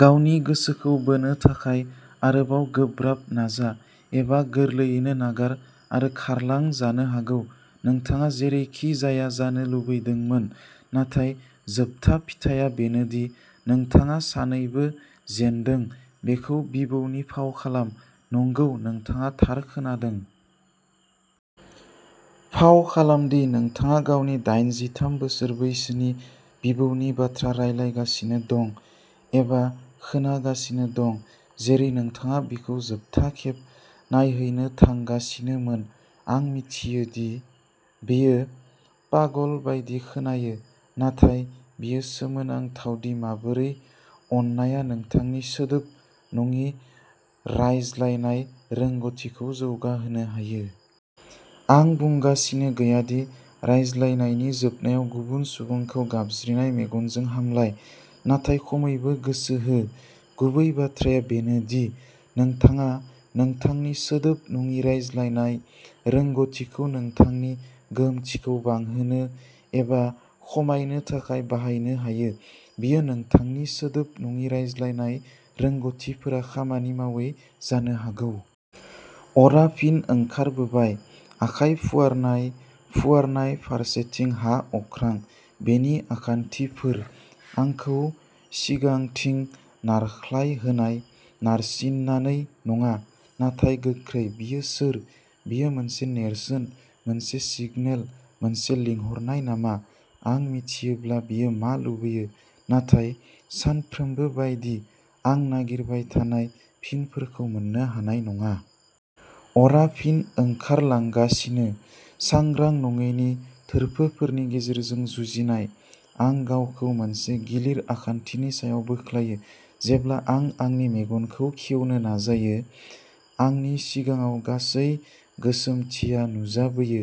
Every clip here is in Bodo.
गावनि गोसोखौ बोनो थाखाय आरोबाव गोब्राब नाजा एबा गोरलैयैनो नागार आरो खारलां। जानो हागौ नोंथाङा जेरैखिजाया जानो लुबैदोंमोन। नाथाय जोबथा फिथाया बेनो दि नोंथाङा सानैबो जेनदों! बेखौ बिबौनि फाव खालाम! नंगौ, नोंथाङा थार खोनादों... फाव खालाम दि नोंथाङा गावनि दाइनजिथाम बोसोर बैसोनि बिबौनि बाथ्रा रायलायगासिनो एबा खोनागासिनो, जेरै नोंथाङा बिखौ जोबथा खेब नायहैनो थांगासिनोमोन। आं मिथियो दि बेयो पागल बायदि खोनायो, नाथाय बेयो सोमोनांथाव दि माबोरै अननायआ नोंथांनि सोदोब-नङि रायज्लायनाय रोंग'थिखौ जौगाहोनो हायो। आं बुंगासिनो गैया दि रायलायनायनि जोबनायाव गुबुन सुबुंखौ गाबज्रिनाय मेगनजों हामलाय, नाथाय खमैबो गोसो हो! गुबै बाथ्राया बेनो दि नोंथाङा नोंथांनि सोदोब-नङि रायज्लायनाय रोंग'थिखौ नोंथांनि गोहोमथिखौ बांहोनो एबा खमायनो थाखाय बाहायनो हायो। बेयो नोंथांनि सोदोब-नङि रायज्लायनाय रोंग'थिफोरा खामानि मावै जानो हागौ! अरआ फिन ओंखारबोबाय। आखाइ फुवारनाय, फुवारनाय, फारसेथिं, हा, अख्रां। बिनि आखान्थिफोर। आंखौ सिगांथिं नारख्लायहोनाय, नारसिननानै नङा, नाथाय गोख्रै। बियो सोर? बेयो मोनसे नेरसोन, मोनसे सिगनेल, मोनसे लिंहरनाय नामा? आं मिन्थियोब्ला बियो मा लुबैयो, नाथाय, सानफ्रोमबो बायदि, आं नागिरबाय थानाय फिनफोरखौ मोन्नो हानाय नङा। अरआ फिन ओंखारलांगासिनो! सांग्रां नङैनि थोरफोफोरनि गेजेरजों जुजिनाय, आं गावखौ मोनसे गिलिर आखान्थिनि सायाव बोख्लायो जेब्ला आं आंनि मेगनखौ खेवनो नाजायो। आंनि सिगाङाव गासै गोसोमथिया नुजाबोयो।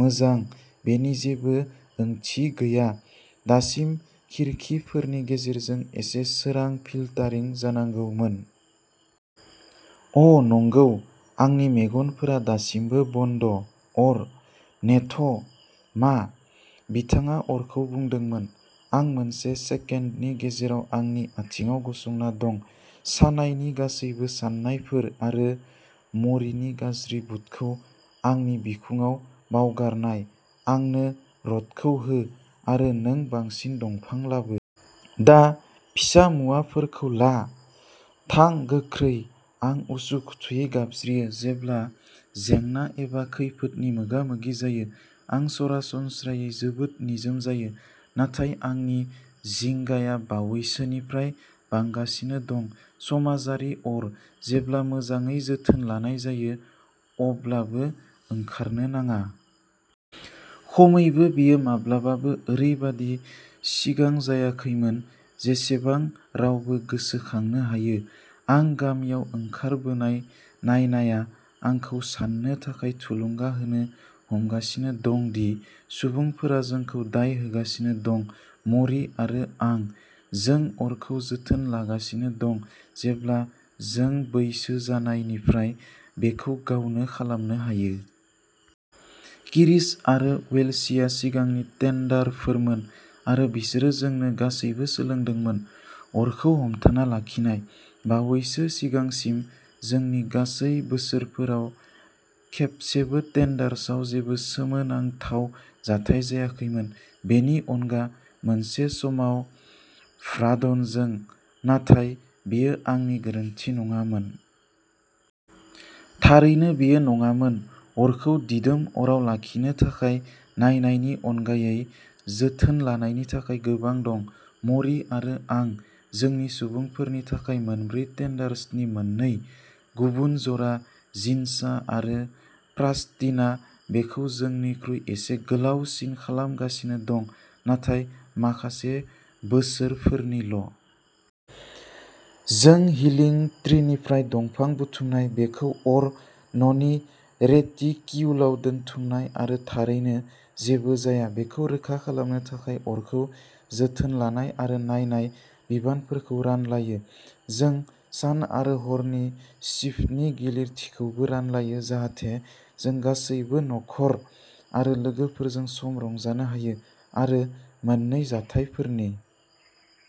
मोजां, बेनि जेबो ओंथि गैया। दासिम खिरखिफोरनि गेजेरजों एसे सोरां फिल्टारिं जानांगौमोन। अ, नंगौ। आंनि मेगनफोरा दासिमबो बन्द। अर नेथ मा बिथाङा अरखौ बुंदोंमोन? आं मोनसे सेकेन्डनि गेजेराव आंनि आथिंआव गसंना दं, सानायनि गासैबो साननायफोर आरो म'रीनि गाज्रि बुटखौ आंनि बिखुङाव बावगारनाय। "आंनो रडखौ हो, आरो नों बांसिन दंफां लाबो! दा फिसा मुवाफोरखौ ला। थां, गोख्रै!" आं उसुखुथुयै गाबज्रियो। जेब्ला जेंना एबा खैफोदनि मोगा-मोगि जायो, आं सरासनस्रायै जोबोद निजोम जायो, नाथाय आंनि जिंगाया बावैसोनिफ्राय बांगासिनो दं। समाजारि अर, जेब्ला मोजाङै जोथोन लानाय जायो, माब्लाबाबो ओंखारनो नाङा। खमैबो, बेयो माब्लाबाबो ओरैबादि सिगां जायाखैमोन जेसेबां रावबो गोसोखांनो हायो। आं गामियाव ओंखारबोनाय नायनाया आंखौ साननो थाखाय थुलुंगा होनो हमगासिनो दं दि सुबुंफोरा जोंखौ दाय होगासिनो दं। म'री आरो आं। जों अरखौ जोथोन लागासिनो दं जेब्ला जों बैसो जानायनिफ्राय बेखौ गावनो खालामनो हायो। किरिस आरो वेलसीआ सिगांनि टेन्डारफोरमोन, आरो बिसोरो जोंनो गासैबो सोलोंदोंमोन। अरखौ हमथाना लाखिनाय। बावैसो सिगांसिम, जोंनि गासै बोसोरफोराव खेबसेबो टेन्डार्सआव जेबो सोमोनांथाव जाथाय जायाखैमोन। बेनि अनगा मोनसे समाव भ्राद'नजों, नाथाय बेयो आंनि गोरोन्थि नङामोन। थारैनो, बेयो नङामोन। अरखौ दिदोम अराव लाखिनो थाखाय नायनायनि अनगायै जोथोन लानायनि थाखाय गोबां दं। म'री आरो आं जोंनि सुबुंफोरनि थाखाय मोनब्रै टेन्डार्सनि मोननै। गुबुन जरा, जिनसा आरो प्रास्टिनआ बेखौ जोंनिख्रुइ एसे गोलावसिन खालामगासिनो दं, नाथाय माखासे बोसोरफोरनिल'। जों हिलिं ट्रीनिफ्राय दंफां बुथुमनाय, बेखौ अर न'नि रेटिक्युलआव दोनथुमनाय, आरो, थारैनो, जेबो जाया बेखौ रोखा खालामनो थाखाय अरखौ जोथोन लानाय आरो नायनाय बिबानफोरखौ रानलायो। जों सान आरो हरनि सिफ्टनि गिलिरथिखौबो रानलायो जाहाथे जों गासैबो नखर आरो लोगोफोरजों सम रंजानो हायो। आरो मोन्नै जाथायफोरनि